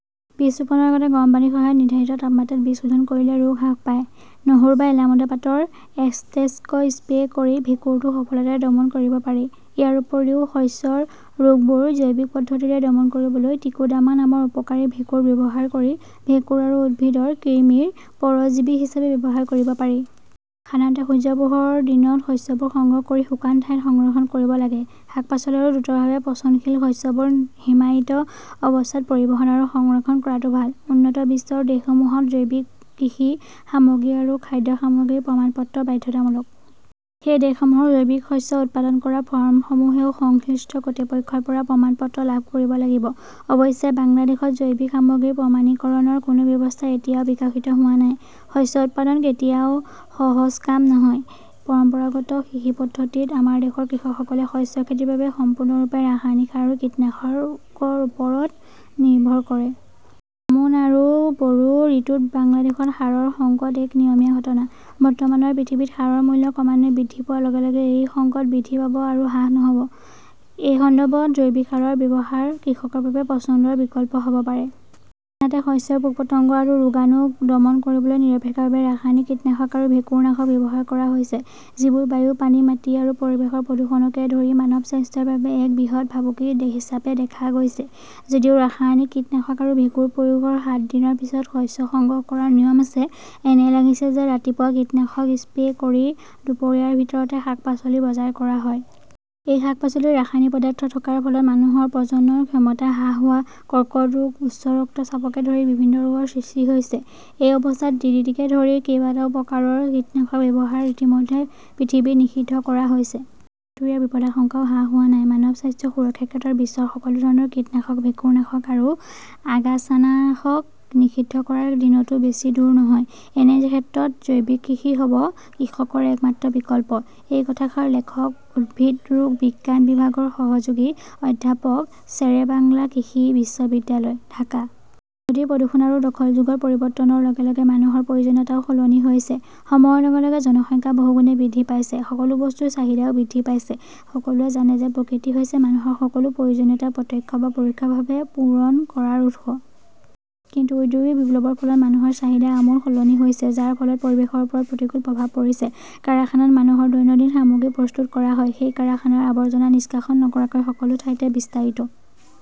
বীজ ৰোপণৰ আগতে গৰম পানীৰ সহায়ত নিৰ্ধাৰিত তাপমাত্ৰাত বীজ শোধন কৰিলে ৰোগ হ্ৰাস পায়। নহৰু বা এলামুণ্ডা পাতৰ এষ্ট্ৰেক্ট স্প্ৰে কৰি ভেঁকুৰটো সফলতাৰে দমন কৰিব পাৰি। ইয়াৰ উপৰিও শস্যৰ ৰোগবোৰ জৈৱিক পদ্ধতিৰে দমন কৰিবলৈ ত্ৰিকোডাৰ্মা নামৰ উপকাৰী ভেঁকুৰ ব্যৱহাৰ কৰি ভেঁকুৰ আৰু উদ্ভিদৰ কৃমিৰ পৰজীৱী হিচাপে ব্যৱহাৰ কৰিব পাৰি। সাধাৰণতে সূৰ্যৰ পোহৰ দিনত শস্যবোৰ সংগ্ৰহ কৰি শুকান ঠাইত সংৰক্ষণ কৰিব লাগে। শাক-পাচলি আৰু দ্ৰুতভাৱে পচনশীল শস্যবোৰ হিমায়িত অৱস্থাত পৰিবহণ আৰু সংৰক্ষণ কৰাটো ভাল। উন্নত বিশ্বৰ দেশসমূহত জৈৱিক কৃষি সামগ্ৰী আৰু খাদ্য সামগ্ৰীৰ প্ৰমাণপত্ৰ বাধ্যতামূলক। সেই দেশসমূহৰ জৈৱিক শস্য উৎপাদন কৰা ফাৰ্মসমূহেও সংশ্লিষ্ট কৰ্তৃপক্ষৰ পৰা প্ৰমাণপত্ৰ লাভ কৰিব লাগিব। অৱশ্যে, বাংলাদেশত জৈৱিক সামগ্ৰীৰ প্ৰমাণীকৰণৰ কোনো ব্যৱস্থা এতিয়াও বিকশিত হোৱা নাই। শস্য উৎপাদন কেতিয়াও সহজ কাম নহয়। পৰম্পৰাগত কৃষি পদ্ধতিত, আমাৰ দেশৰ কৃষকসকলে শস্য খেতিৰ বাবে সম্পূৰ্ণৰূপে ৰাসায়নিক সাৰ আৰু কীটনাশকৰ ওপৰত নিৰ্ভৰ কৰে। আমোন আৰু বৰো ঋতুত বাংলাদেশত সাৰৰ সংকট এক নিয়মীয়া ঘটনা। বৰ্তমানৰ পৃথিৱীত সাৰৰ মূল্য ক্ৰমান্বয়ে বৃদ্ধি পোৱাৰ লগে লগে এই সংকট বৃদ্ধি পাব আৰু হ্ৰাস নহ'ব। এই সন্দৰ্ভত জৈৱিক সাৰৰ ব্যৱহাৰ কৃষকৰ বাবে পছন্দৰ বিকল্প হ'ব পাৰে। আনহাতে, শস্যৰ পোক-পতংগ আৰু ৰোগাণুক দমন কৰিবলৈ নিৰপেক্ষভাৱে ৰাসায়নিক কীটনাশক আৰু ভেঁকুৰনাশক ব্যৱহাৰ কৰা হৈছে, যিবোৰ বায়ু, পানী, মাটি আৰু পৰিৱেশৰ প্ৰদূষণকে ধৰি মানৱ স্বাস্থ্যৰ বাবে এক বৃহৎ ভাবুকি হিচাপে দেখা গৈছে। যদিও ৰাসায়নিক কীটনাশক আৰু ভেঁকুৰ প্ৰয়োগৰ সাত দিনৰ পিছত শস্য সংগ্ৰহ কৰাৰ নিয়ম আছে, এনে লাগিছে যে ৰাতিপুৱা কীটনাশক স্প্ৰে কৰি দুপৰীয়াৰ ভিতৰতে শাক-পাচলি বজাৰ কৰা হয়। এই শাক-পাচলিৰ ৰাসায়নিক পদাৰ্থ থকাৰ ফলত মানুহৰ প্ৰজনন ক্ষমতা হ্ৰাস হোৱা, কৰ্কট ৰোগ, উচ্চ ৰক্তচাপকে ধৰি বিভিন্ন ৰোগৰ সৃষ্টি হৈছে। এই অৱস্থাত ডিডিটিকে ধৰি কেইবাটাও প্ৰকাৰৰ কীটনাশক ব্যৱহাৰ ইতিমধ্যে পৃথিৱীত নিষিদ্ধ কৰা হৈছে। কিন্তু ইয়াৰ বিপদাশংকাও হ্ৰাস হোৱা নাই। মানৱ স্বাস্থ্য সুৰক্ষাৰ ক্ষেত্ৰত বিশ্বৰ সকলো ধৰণৰ কীটনাশক, ভেঁকুৰনাশক আৰু আগাছানাশক নিষিদ্ধ কৰাৰ দিনটো বেছি দূৰ নহয়। এনে ক্ষেত্ৰত জৈৱিক কৃষি হ'ব কৃষকৰ একমাত্ৰ বিকল্প । -এই কথাষাৰ লেখক উদ্ভিদ ৰোগ বিজ্ঞান বিভাগৰ সহযোগী অধ্যাপক শ্বেৰেবাংলা কৃষি বিশ্ববিদ্যালয়, ঢাকা । নদীৰ প্ৰদূষণ আৰু দখল যুগৰ পৰিৱৰ্তনৰ লগে লগে মানুহৰ প্ৰয়োজনীয়তাও সলনি হৈছে। সময়ৰ লগে লগে জনসংখ্যা বহুগুণে বৃদ্ধি পাইছে। সকলো বস্তুৰ চাহিদাও বৃদ্ধি পাইছে। সকলোৱে জানে যে প্ৰকৃতি হৈছে মানুহৰ সকলো প্ৰয়োজনীয়তা প্ৰত্যক্ষ বা প্ৰৰোক্ষভাৱে পূৰণ কৰাৰ উৎস। কিন্তু ঔদ্যোগিক বিপ্লৱৰ ফলত মানুহৰ চাহিদা আমূল সলনি হৈছে, যাৰ ফলত পৰিৱেশৰ ওপৰত প্ৰতিকূল প্ৰভাৱ পৰিছে। কাৰখানাত মানুহৰ দৈনন্দিন সামগ্ৰী প্ৰস্তুত কৰা হয়। সেই কাৰখানাৰ আৱৰ্জনা নিষ্কাশন নকৰাকৈ সকলো ঠাইতে বিস্তাৰিত